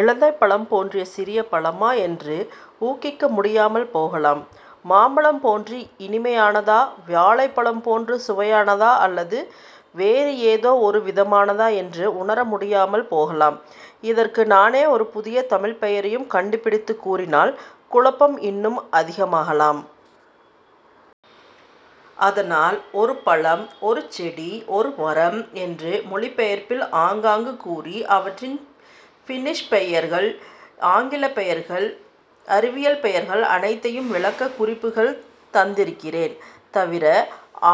இலந்தைப்பழம் போன்ற சிறிய பழமா? என்று ஊகிக்க முடியாமல் போகலாம். மாம்பழம் போன்று இனிமையானதா? வாழைப்பழம் போன்று சுவையானதா? அல்லது வேறு ஏதோ ஒரு விதமானதா? என்று உணர முடியாமல் போகலாம். இதற்கு நானே ஒரு புதிய தமிழ்ப் பெயரையும் கண்டுப்பிடித்துக் கூறினால் குழப்பம் இன்னும் அதிகமாகலாம். அதனால் 'ஒரு பழம்' 'ஒரு செடி', 'ஒரு மரம்' என்று மொழிபெயர்ப்பில் ஆங்காங்கு கூறி, அவற்றின் பின்னிஷ் பெயர்கள், ஆங்கிலப் பெயர்கள், அறிவியல் பெயர்கள் அனைத்தையும் 'விளக்கக் குறிப்புகளில்' தந்திருக்கிறேன். தவிர,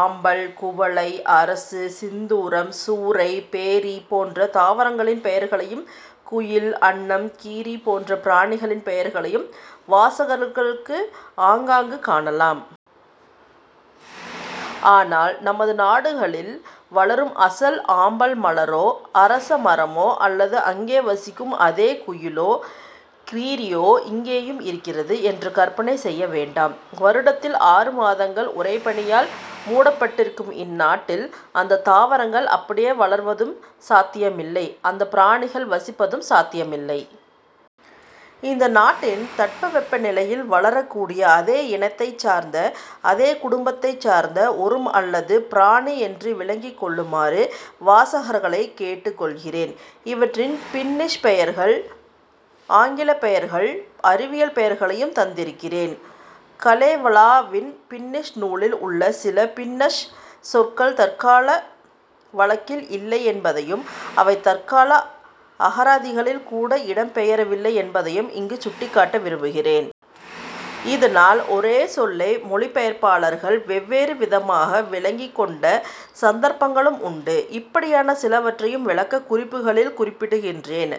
ஆம்பல், குவளை, அரசு, சிந்தூரம், சூரை, பேரி போன்ற தாவரங்களின் பெயர்களையும் குயில், அன்னம், கீரி போன்ற பிராணிகளின் பெயர்களையும் வாசகர்கள் ஆங்காங்கு காணலாம். ஆனால் நமது நாடுகளில் வளரும் அசல் ஆம்பல் மலரோ அரச மரமோ அல்லது அங்கே வசிக்கும் அதே குயிலோ கீரியோ இங்கேயும் இருக்கிறது என்று கற்பனை செய்ய வேண்டாம். வருடத்தில் ஆறு மாதங்கள் உறைபனியால் முடப்பட்டிருக்கும் இந்நாட்டில் அந்தத் தாவரங்கள் அப்படியே வளர்வதும் சாத்தியமில்லை; அந்த பிராணிகள் வசிப்பதும் சாத்தியமில்லை. இந்த நாட்டின் தட்பவெப்ப நிலையில் வளரக் கூடிய அதே இனத்தைச் சார்ந்த அதே குடும்பத்தைச் சார்ந்த ஒரு மரம் அல்லது பிராணி என்று விளங்கிக் கொள்ளுமாறு வாசகர்களைக் கேட்டுக் கொள்கிறேன். இவற்றின் பின்னிஷ் பெயர்கள், ஆங்கிலப் பெயர்கள், அறிவியல் பெயர்களையும் தந்திருக்கிறேன். 'கலேவலா'வின் பின்னிஷ் நூலில் உள்ள சில பின்னஷ் சொற்கள் தற்கால வழக்கில் இல்லை என்பதையும் அவை தற்கால அகராதிகளில் கூட இடம் பெறவில்லை என்பதையும் இங்குச் சுட்டிக் காட்ட விரும்புகிறேன். இதனால் ஒரே சொல்லை மொழிபெயர்ப்பாளர்கள் வெவ்வேறு விதமாக விளங்கிக் கொண்ட சந்தர்ப்பங்களும் உண்டு. இப்படியான சிலவற்றையும் விளக்கக் குறிப்புகளில் குறிப்பிட்டிருக்கிறேன்.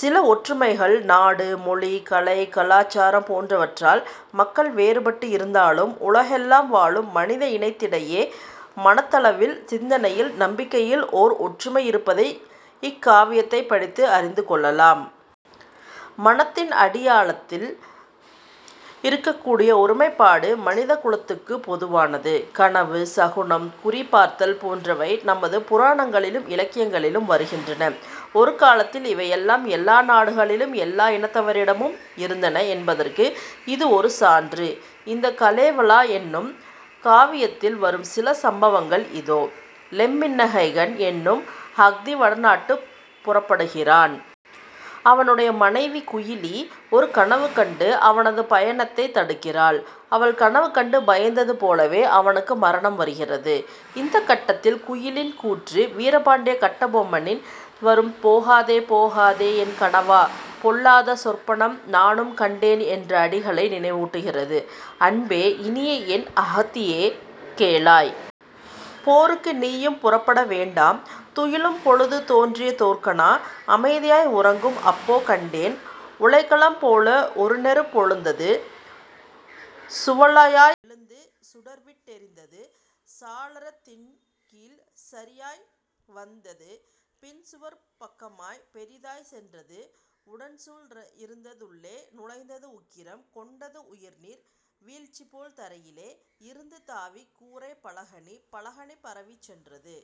சில ஒற்றுமைகள் நாடு, மொழி, கலை, கலாசாரம் போன்றவற்றால் மக்கள் வேறுபட்டு இருந்தாலும், உலகெல்லாம் வாழும் மனித இனத்திடையே மனத்தளவில் சிந்தனையில் நம்பிக்கைகளில் ஓர் ஒற்றுமை இருப்பதை இக்காவியத்தைப் படித்து அறிந்து கொள்ளலாம். மனத்தின் அடியாழத்தில் இருக்கக்கூடிய ஒருமைப்பாடு மனிதக் குலத்துக்குப் பொதுவானது. கனவு, சகுனம், குறி பார்த்தல் போன்றவை நமது புராணங்களிலும் இலக்கியங்களிலும் வருகின்றன. ஒரு காலத்தில் இவையெல்லாம் எல்லா நாடுகளிலும் எல்லா இனத்தவரிடமும் இருந்தன என்பதற்கு இது ஒரு சான்று. இந்தக் 'கலேவலா' என்னும் காவியத்தில் வரும் சில சம்பவங்கள் இதோ: லெம்மின்கைனன் என்னும் அஹ்தி வடநாட்டு புறப்படுகிறான். அவனுடைய மனைவி குயிலி ஒரு கனவு கண்டு அவனது பயணத்தைத் தடுக்கிறாள். அவள் கனவு கண்டு பயந்தது போலவே அவனுக்கு மரணம் வருகிறது. இந்தக் கட்டத்தில் குயிலியின் கூற்று 'வீரபாண்டிய கட்டப்பொம்மனி'ல் வரும் "போகாதே போகாதே என் கணவா, பொல்லாத சொற்பனம் நானும் கண்டேன்" என்ற அடிகளை நினைவூட்டுகிறது: "அன்பே, இனியஎன் அஹ்தியே, கேளாய்! போருக்கு நீயும் புறப்பட வேண்டாம் துயிலும் பொழுது தோன்றிய தோர்கனா அமைதியாய் உறங்கும் அப்போ கண்டேன்: உலைக்களம் போல ஒருநெருப் பெழுந்தது சுவலயாய் எழுந்து சுடர்விட் டெரிந்தது சாளரத் தின்கீழ் சரியாய் வந்தது பின்சுவர்ப் பக்கமாய்ப் பெரிதாய்ச் சென்றது உடன்சுழன் றங்கிருந் துள்ளே நுழைந்தது உக்கிரம் கொண்டது உயர்நீர் வீழ்ச்சிபோல் தரையிலே இருந்து தாவிக் கூரை பலகணி பலகணி பரவிச் சென்றது.